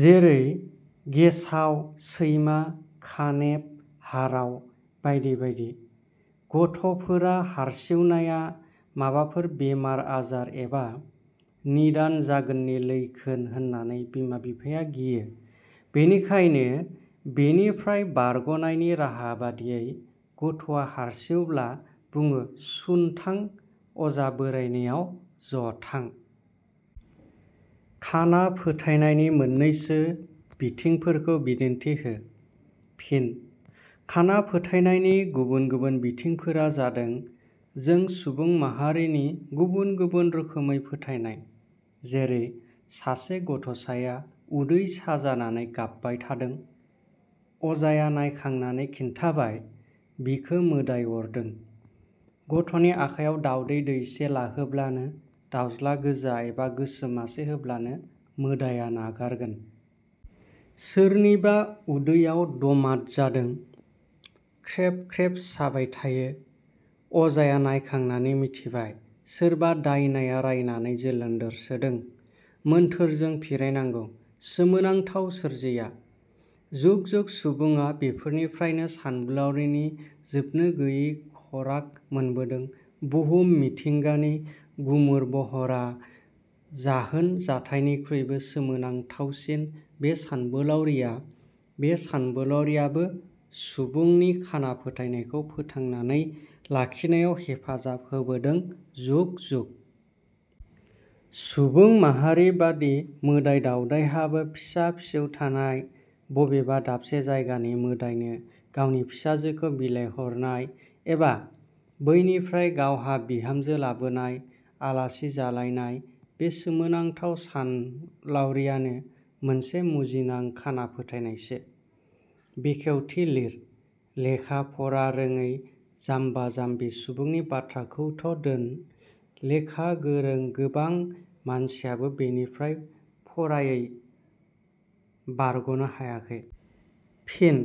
जेरै – गेसाव, सैमा, खानेब, हाराव बायदि बायदि। गथ 'फोरा हारसिउनाया माबाफोर बेमार आजार एबा निदान जागोननि लैखोन होन्नानै बिमा-बिफाया गियो। बेनिखायनो बेनिफ्राय बारग 'नायनि राहा बादियै गथ'आ हारसिउब्ला बुडो – सुन्थां, अजा बोराइनियाव ज 'थां। खाना फोथायनायनि मोननैसो बिथिंफोरखौ बिदिन्थि हो। फिन: खाना फोथायनायनि गुबुन गुबुन बिथिंफोरा जादों जों सुबुं माहारिनि गुबुन गुबुन रोखोमै फोथायनाय। जेरै-सासे गथ'साया उदै साजानानै गाबबाय थादों। अजाया नायखांनानै खिन्थाबाय बिखो मोदाइ अरदों; गथ'नि आखायाव दाउंदै दैसे लाहोब्लानो, दाउज़्ला गोजा एबा गोसोम मासे होब्लानो मोदाइया नागारगोन। सोरनिबा उदैयाव दमाद जादों, ख्रेब ख्रेब साबाय थायो। अजाया नायखांनानै मिथिबाय- सोरबा दाइनाया रायनानै जोलोन्दोर सोदों; मोन्थोरजों फिरायनांगौ। सोमो नांथाव सोरजिया। जुग जुग सुबुडा बेफोरनिफ्रायनो सानलावरिनि जोबनो गैयि खराग मोनबोदों। बुहुम मिथिंगानि गुमुर बहरा जाहोन जाथायनिखुइबो सोमो नांथावसिन बे सानबोलाउरिया बे सानलावरियाबो सुबुंनि खाना फोथायनायखौ फोथांनानै लाखिनायाव हेफाजाब होबोदों जुग-जुग। सुबुं माहारिबादि मोदाइ- दाउदायहाबो फिसा फिसौ थानाय, बबेबा दाबसे जायगानि मोदाइनो गावनि फिसाजोखौ बिलाय हरनाय, एबा बैनिफ्राय गावहा बिहामजो लाबोनाय, आलासि जालायनाय बे सोमो नांथाव सानलावरियानो मोनसे मुजिनां खाना फोथायनायसो।. बेखेवथि लिर:- लेखा-फरा रोङै-जाम्बा-जाम्बि सुबुंनि बाथ्राखौथ' दोन, लेखा गोरों गोबां मानसियाबो बेनिफ्राय फरायै बारगनो हायाखै। फिन: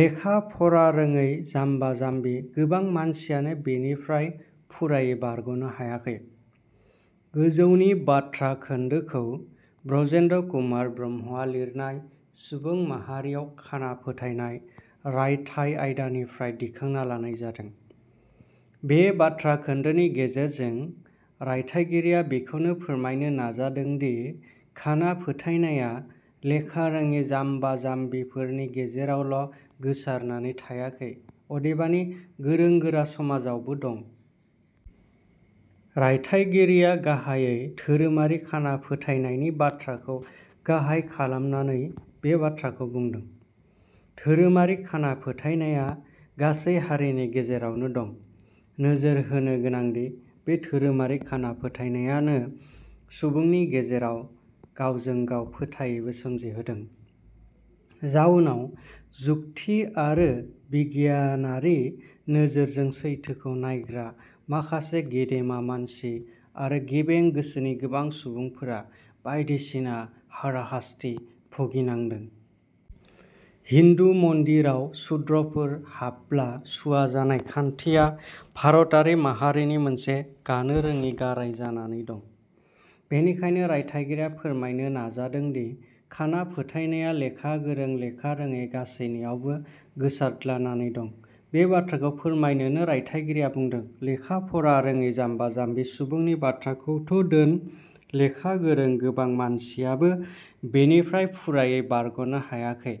"लेखा-फरा रोङै जाम्बा-जाम्बि गोबां मानसियानो बेनिफ्राय फुरायै बारगनो हायाखै। " गोजौनि बाथ्रा खोन्दोखौ ब्रजेन्द्र कुमार ब्रह्मआ लिरनाय सुबुं माहारियाव खाना फोथाइनाय रायथाइ आयदानिफ्राय दिखांना लानाय जादों। बे बाथ्रा खोन्दोनि गेजेरजों रायथाइगिरिया बेखौनो फोरमायनो नाजादोंदि खाना फोथायनाया लेखा रोङि जाम्बा जाम्बिफोरनि गेजेरावल' गोसारनानै थायाखै अदेबानि गोरों-गोरा समाजावबो दं। रायथाइगिरिया गाहायै धोरोमारि खाना फोथायनायनि बाथ्राखौ गाहाइ खालामनानै बे बाथ्राखौ बुंदों। धोरोमारि खाना फोथायनाया गासै हारिनि गेजेरावनो दं। नोजोर होनो गोनांदि बे धोरोमारि खाना फोथायनायानो सुबुंनि गेजेराव गांवजों गाव फोथायैबो सोमजिहोदों। जाउनाव जुकथि आरो बिगियानारि नोजोरजों सैथोखौ नायग्रा माखासे गेदेमा मानसि आरो गेबें गोसोनि गोबां सुबुंफोरा बायदिसिन हाराहास्थि भुगिनांदों। हिन्दु मन्दिराव सुद्रफोर, हाबब्ला सुवा जानाय खान्थिया भारतारि माहारिनि मोनसे गानो रोडि-गाराइ जानानै दं। बेनिखायनो रायथाइगिरिया फोरमायनो नाजादोंदि खाना फोथायनाया लेखा गोरों लेखा रोङै गासैनियावबो गोसारदलानानै दं। बे बाथ्राखौ फोरमायनोनो रायथाइगिरिया बुंदों "लेखा फरा रोङै जाम्बा-जाम्बि सुबुंनि बाथ्राखौथ' दोन, लेखा गोरों गोबां मानसियाबो बेनिफ्राय फुरायै बारगनो हायाखै।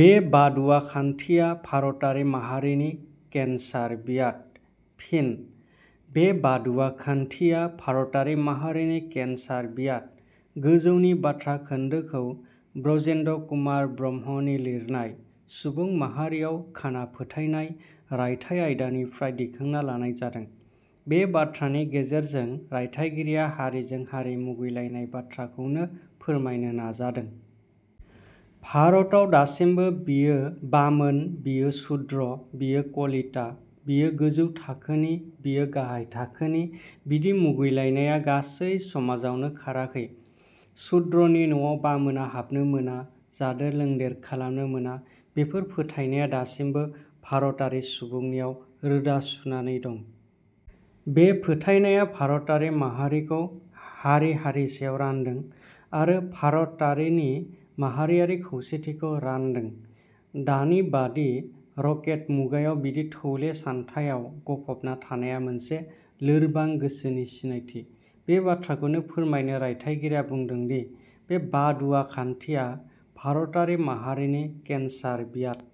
"बे बादुवा खान्थिया भारतारि माहारिनि केन्सार बियाद"। फिन: "बे बादुवा खान्थिया भारतारि माहारिनि केन्सार बियाद" गोजौनि बाथ्रा खोन्दोखौ ब्रजेन्द्र कुमार ब्रह्मनि लिरनाय "सुबुं माहारियाव खाना फोथायनाय रायथाइ आयदानिफ्राय दिखांना लानाय जादों। बे बाथ्रानि गेजेरजों रायथाइगिरिया हारिजों हारि मुगैलायनाय बाथ्राखौनो फोरमायनो नाजादों। भारताव दासिमबो बियो बामोन बियो सुद्र, बियो कलिता, बियो गोजौ थाखोनि बियो गाहाय थाखोनि बिदि मुगैलायनाया गासै समाजावनो खाराखै। सुद्रनि नवाव बामोना हाबनो मोना जादेर लोंदेर खालामनो मोना बेफोर फोथायनाया दासिमबो भारतारि सुबुंनियाव रोदा सुनानै दं। बे फोथायनाया भारतारि माहारिखौ हारि-हारिसायाव रान्दों आरो भारतारिनि माहारियारि खौसेथिखौ रान्दों। दानि बादि रकेट मुगायाव बिदि थौले सान्थायाव गफबना थानाया मोनसे लोरबां गोसोनि सिनायथि। बे बाथ्राखौनो फोरमायनो रायथाइगिरिया बुंदोदि बे बादुवा खान्थिया भारतारि माहारिनि केन्सार बियाद।